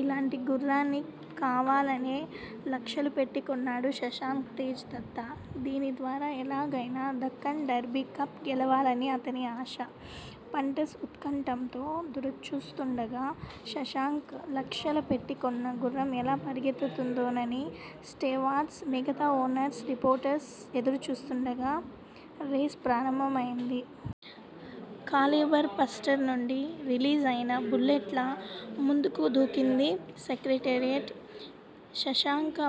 ఇలాంటి గుర్రాన్ని కావాలనే లక్షలు పెట్టి కొన్నాడు శశాంక్ తేజ్ దత్త. దీని ద్వారా ఎలాగయినా దక్కన్ డర్బీ కప్ గెలవాలని అతని ఆశ. పంటర్స్ ఉత్కంఠతో దురుచూస్తుండగా, శశాంక్ లక్షలు పెట్టి కొన్న గుర్రం ఎలా పరుగెత్తుతుందోనని స్టేవార్ట్స్, మిగతా ఓనర్స్ రిపోర్టర్స్ ఎదురుచూస్తుండగా రేస్ ప్రారంభమయింది. కాలిబర్ పస్టర్ నుండి రిలీజ్ అయిన బుల్లెట్ లా ముందుకు దూకింది సెక్రెటేరియట్, శశాంక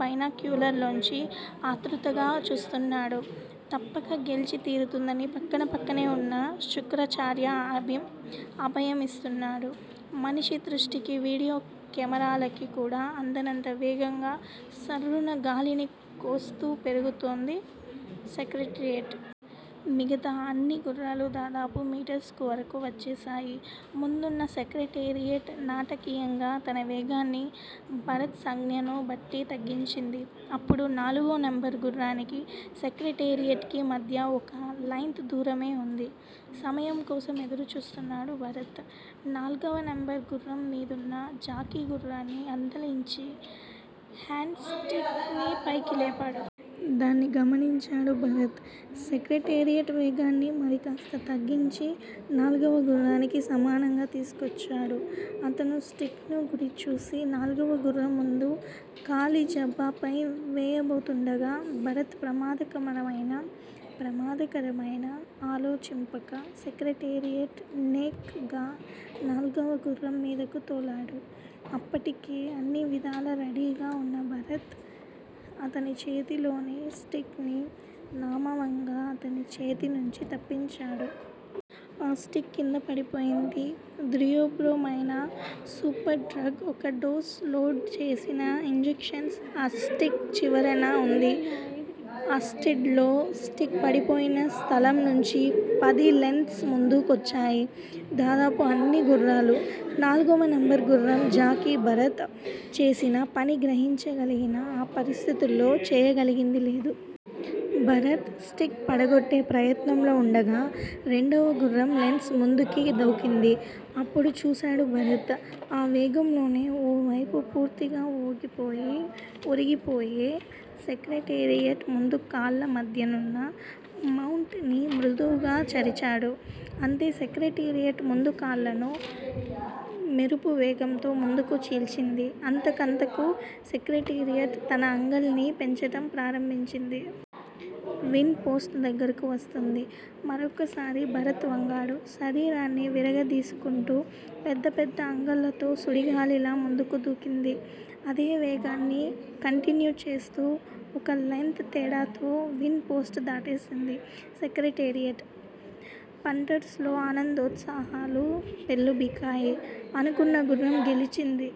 బైనాక్యులర్ లోంచి ఆతృతగా చూస్తున్నాడు. తప్పక గెల్చి తీరుతుందని పక్కపక్కనే ఉన్న శుక్రాచార్య అభయమిస్తున్నాడు. మనిషి దృష్టికి, వీడియో కెమేరాలకి కూడా అందనంత వేగంగా సర్రున గాలిని కోస్తూ పెరుగుతోంది సెక్రటేరియట్. మిగతా అన్ని గుర్రాలు దాదాపు మీటర్సు వరకు వచ్చేశాయి. ముందున్న సెక్రటేరియట్ నాటకీయంగా తన వేగాన్ని భరత్ సంజ్ఞను బట్టి తగ్గించింది. అప్పుడు నాలుగో నెంబర్ గుర్రానికి సెక్రెటేరియట్ కీ మధ్య ఒక లెంత్ దూరమే ఉంది. సమయం కోసం ఎదురు చూస్తున్నాడు భరత్. నాల్గవ నెంబరు గుర్రం మీదున్న జాకీ గుర్రాన్ని అదలించి హేండ్ స్టిక్ ని పైకి లేపాడు. దాన్ని గమనించాడు భరత్. సెక్రెటేరియట్ వేగాన్ని మరికాస్త తగ్గించి నాల్గవ గుర్రానికి సమానంగా తీసుకొచ్చాడు. అతను స్టిక్ ను గురిచూసి నాల్గవ గుర్రం ముందు కాలి జబ్బపై వేయబోతుండగా భరత్ ప్రమాదకరమయినా ఆలోచింపక సెక్రెటేరియట్ నేక్ గా నాల్గవ గుర్రం మీదకు తోలాడు, అప్పటికే అన్నివిధాల రడీగా ఉన్న భరత్ అతని చేతిలోని స్టిక్ ని లామవంగా అతని చేతి నుంచి తప్పించాడు. ఆ స్టిక్ కిందపడిపోయింది. ద్రియోబ్రో మైన సూపర్ డ్రగు ఒక డోస్ లోడ్ చేసిన ఇంజెక్షన్స్ ఆ స్టిక్ చివరన ఉంది. ఆ స్టీడ్ లో స్టిక్ పడిపోయిన స్థలం నుంచి పది లెంత్స్ ముందు కొచ్చాయి దాదాపు అన్ని గుర్రాలు. నాల్గవ నెంబర్ గుర్రం జాకీ భరత్ చేసిన పని గ్రహించగలిగినా ఆ పరిస్థితుల్లో చేయగలిగింది లేదు. భరత్ స్టిక్ పడగొట్టే ప్రయత్నంలో ఉండగా రెండవ గుర్రం లెంత్స్ ముందుకి దూకింది. అప్పుడు చూసాడు భరత్. ఆ వేగంలోనే ఓ వైపు పూర్తిగా ఒరిగిపోయే సెక్రెటేరియట్ ముందుకాళ్ళ మధ్యనున్న మౌంట్ ని మృదువుగా చరిచాడు, అంతే సెక్రటేరియట్ ముందుకాళ్ళను మెరుపువేగంతో ముందుకు చీల్చింది. అంతకంతకు సెక్రటేరియట్ తన అంగల్ని పెంచటం ప్రారంభించింది. విన్ పోస్ట్ దగ్గరకు వస్తుంది. మరొక్కసారి భరత్ వంగాడు. శరీరాన్ని విరగదీసుకుంటూ పెద్ద పెద్ద అంగలతో సుడిగాలిలా ముందుకు దూకింది. అదే వేగాన్ని కంటిన్యూ చేస్తూ ఒక్క లెంత్ తేడాతో విన్ పోస్టు దాటేసింది సెక్రటేరియట్. పంటర్స్ లో ఆనందోత్సాహాలు పెల్లుబికాయి. అనుకున్న గుర్రం గెలిచింది.